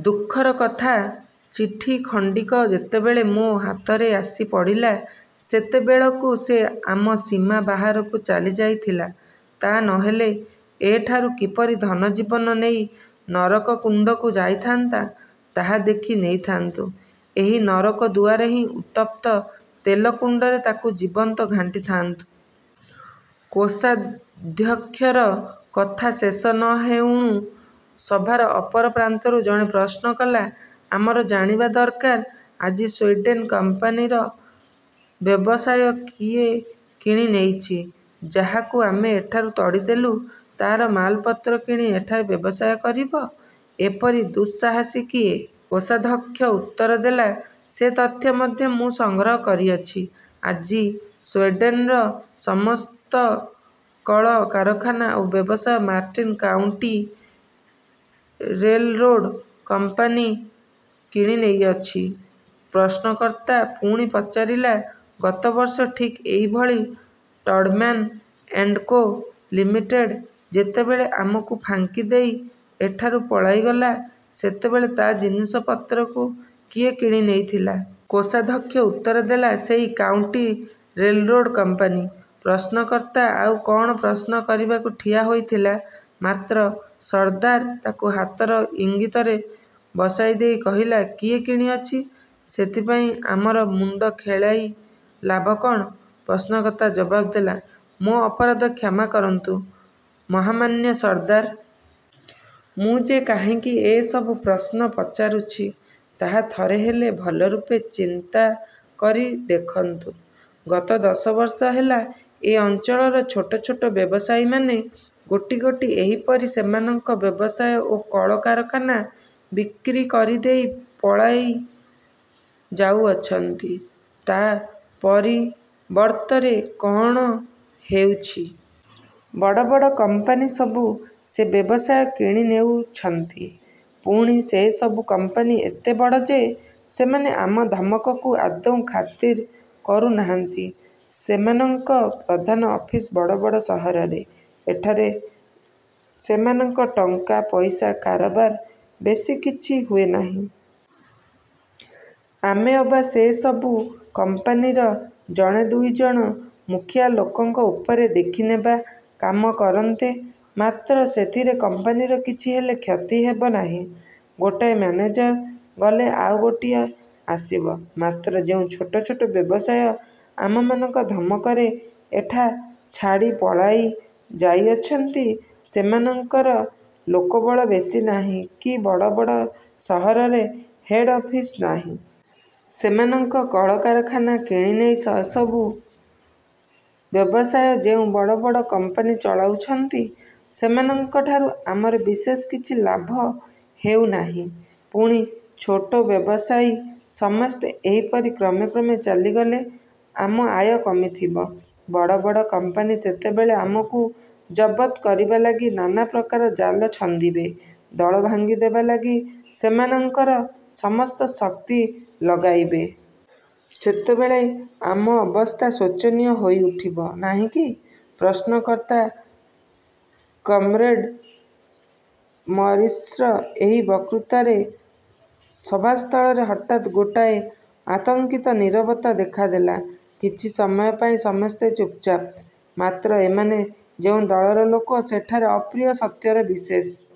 ' ଦୁଃଖର କଥା, ଚିଠିଖଣ୍ଡିକ ଯେତେବେଳେ ମୋ ହାତରେ ଆସି ପଡ଼ିଲା, ସେତେବେଳକୁ ସେ ଆମ ସୀମା ବାହାରକୁ ଚାଲିଯାଇଥିଲା। ତା ନ ହେଲେ ଏଠାରୁ କିପରି ଧନଜୀବନ ନେଇ ନରକକୁଣ୍ଡକୁ ଯାଇଥାନ୍ତା, ତାହା ଦେଖି ନେଇଥାନ୍ତୁ। ଏହି ନରକଦୁଆରେ ହିଁ ଉତ୍ତପ୍ତ ତେଲକୁଣ୍ଡରେ ତାକୁ ଜୀବନ୍ତ ଘାଣ୍ଟିଥାଆନ୍ତୁ। '' କୋଷାଧ୍ୟକ୍ଷର କଥା ଶେଷ ନ ହେଉଣୁ ସଭାର ଅପର ପ୍ରାନ୍ତରୁ ଜଣେ ପ୍ରଶ୍ନ କଲା, ''ଆମର ଜାଣିବା ଦରକାର, ଆର୍ଜି ସ୍ୱୀଡ଼େନ କମ୍ପାନୀର ବ୍ୟବସାୟ କିଏ କିଣି ନେଇଛି? ଯାହାକୁ ଆମେ ଏଠାରୁ ତଡ଼ିଦେଲୁ, ତାର ମାଲପତ୍ର କିଣି ଏଠାରେ ବ୍ୟବସାୟ କରିବ–ଏପରି ଦୁଃସାହସୀ କିଏ? '' କୋଷାଧ୍ୟକ୍ଷ ଉତ୍ତର ଦେଲା, ''ସେ ତଥ୍ୟ ମଧ୍ୟ ମୁଁ ସଂଗ୍ରହ କରିଅଛି। ଆର୍ଜି ସ୍ୱୀଡ଼େନର ସମସ୍ତ କଳ କାରଖାନା ଓ ବ୍ୟବସାୟ ମାର୍ଟିନ କାଉଣ୍ଟି ରେଲରୋଡ଼ କମ୍ପାନୀ କିଣି ନେଇଅଛି। '' ପ୍ରଶ୍ନକର୍ତ୍ତା ପୁଣି ପଚାରିଲା, ''ଗତ ବର୍ଷ ଠିକ୍ ଏଇଭଳି ଟଡ଼ମ୍ୟାନ ଏଣ୍ଡ କୋ: ଲିମିଟେଡ଼ ଯେତେବେଳେ ଆମକୁ ଫାଙ୍କିଦେଇ ଏଠାରୁ ପଳାଇଗଲା, ସେତେବେଳେ ତା ଜିନିଷ-ପତ୍ରକୁ କିଏ କିଣି ନେଇଥିଲା? '' କୋଷାଧ୍ୟକ୍ଷ ଉତ୍ତର ଦେଲା, ''ସେଇ କାଉଣ୍ଟି ରେଲରୋଡ଼ କମ୍ପାନୀ। '' ପ୍ରଶ୍ନକର୍ତ୍ତା ଆଉ କଅଣ ପ୍ରଶ୍ନ କରିବାକୁ ଠିଆ ହୋଇଥିଲା; ମାତ୍ର ସର୍ଦ୍ଦାର ତାକୁ ହାତର ଇଙ୍ଗିତରେ ବସାଇଦେଇ କହିଲା, ''କିଏ କିଣିଅଛି, ସେଥିପାଇଁ ଆମର ମୁଣ୍ଡ ଖେଳାଇ ଲାଭ କଅଣ-? '' ପ୍ରଶ୍ନକର୍ତ୍ତା ଜବାବ ଦେଲା, ''ମୋ ଅପରାଧ କ୍ଷମା କରନ୍ତୁ ମହାମାନ୍ୟ ସର୍ଦ୍ଦାର! ମୁଁ ଯେ କାହିଁ କି ଏସବୁ ପ୍ରଶ୍ନ ପଚାରୁଛି, ତାହା ଥରେହେଲେ ଭଲରୂପେ ଚିନ୍ତା କରି ଦେଖନ୍ତୁ। ଗତ ଦଶ ବର୍ଷ ହେଲା ଏ ଅଞ୍ଚଳର ଛୋଟଛୋଟ ବ୍ୟବସାୟୀମାନେ ଗୋଟିଗୋଟି ଏହିପରି ସେମାନଙ୍କ ବ୍ୟବସାୟ ଓ କଳ କାରଖାନା ବିକ୍ରି କରିଦେଇ ପଳାଇ ଯାଉଅଛନ୍ତି। ତା ପରିବର୍ତ୍ତରେ କଅଣ ହେଉଛି? ବଡ଼ବଡ଼ କମ୍ପାନୀସବୁ ସେ ବ୍ୟବସାୟ କିଣି ନେଉଛନ୍ତି। ପୁଣି ସେସବୁ କମ୍ପାନୀ ଏତେ ବଡ଼ ଯେ, ସେମାନେ ଆମ ଧମକକୁ ଆଦୌ ଖାତିର କରୁ ନାହାନ୍ତି। ସେମାନଙ୍କ ପ୍ରଧାନ ଅଫିସ ବଡ଼ବଡ଼ ସହରରେ, ଏଠାରେ ସେମାନଙ୍କ ଟଙ୍କା ପଇସା କାରବାର ବେଶୀ କିଛି ହୁଏ ନାହିଁ। ଆମେ ଅବା ସେସବୁ କମ୍ପାନୀର ଜଣେ ଦୁଇ ଜଣ ମୁଖିଆ ଲୋକଙ୍କ ଉପରେ 'ଦେଖିନେବା' କାମ କରନ୍ତେ; ମାତ୍ର ସେଥିରେ କମ୍ପାନୀର କିଛି ହେଲେ କ୍ଷତି ହେବ ନାହିଁ। ଗୋଟାଏ ମ୍ୟାନେଜର ଗଲେ ଆଉ ଗୋଟିଏ ଆସିବ। ମାତ୍ର ଯେଉଁ ଛୋଟ ଛୋଟ ବ୍ୟବସାୟୀ ଆମମାନଙ୍କ ଧମକରେ ଏଠା ଛାଡ଼ି ପଳାଇ ଯାଇଅଛନ୍ତି, ସେମାନଙ୍କର ଲୋକବଳ ବେଶୀ ନାହିଁ କି ବଡ଼ବଡ଼ ସହରରେ ହେଡ଼ ଅଫିସ ନାହିଁ। ସେମାନଙ୍କ କଳକାରଖାନା କିଣିନେଇ ସେସବୁ। ବ୍ୟବସାୟ ଯେଉଁ ବଡ଼ବଡ଼ କମ୍ପାନୀ ଚଳାଉଛନ୍ତି, ସେମାନଙ୍କଠାରୁ ଆମର ବିଶେଷ କିଛି ଲାଭ ହେଉ ନାହିଁ। ପୁଣି ଛୋଟ ବ୍ୟବସାୟୀ ସମସ୍ତେ ଏହିପରି କ୍ରମେକ୍ରମେ ଚାଲିଗଲେ ଆମ ଆୟ କମିଥିବ। ବଡ଼ବଡ଼ କମ୍ପାନୀ ସେତେବେଳେ ଆମକୁ ଜବତ କରିବା ଲାଗି ନାନା ପ୍ରକାର ଜାଲ ଛନ୍ଦିବେ; ଦଳ ଭାଙ୍ଗିଦେବା ଲାଗି ସେମାନଙ୍କର ସମସ୍ତ ଶକ୍ତି ଲଗାଇବେ। ସେତେବେଳେ ଆମ ଅବସ୍ଥା ଶୋଚନୀୟ ହୋଇଉଠିବ ନାହିଁ କି? '' ପ୍ରଶ୍ନକର୍ତ୍ତା କମ୍ରେଡ଼ ମରିସ୍ର ଏହି ବକ୍ତୃତାରେ ସଭାସ୍ଥଳରେ ହଠାତ୍ ଗୋଟାଏ ଆତଙ୍କିତ ନୀରବତା ଦେଖାଦେଲା। କିଛି ସମୟ ପାଇଁ ସମସ୍ତେ ଚୁପ୍ଚାପ୍। ମାତ୍ର ଏମାନେ ଯେଉଁ ଦଳର ଲୋକ, ସେଠାରେ ଅପ୍ରିୟ ସତ୍ୟର ବିଶେଷ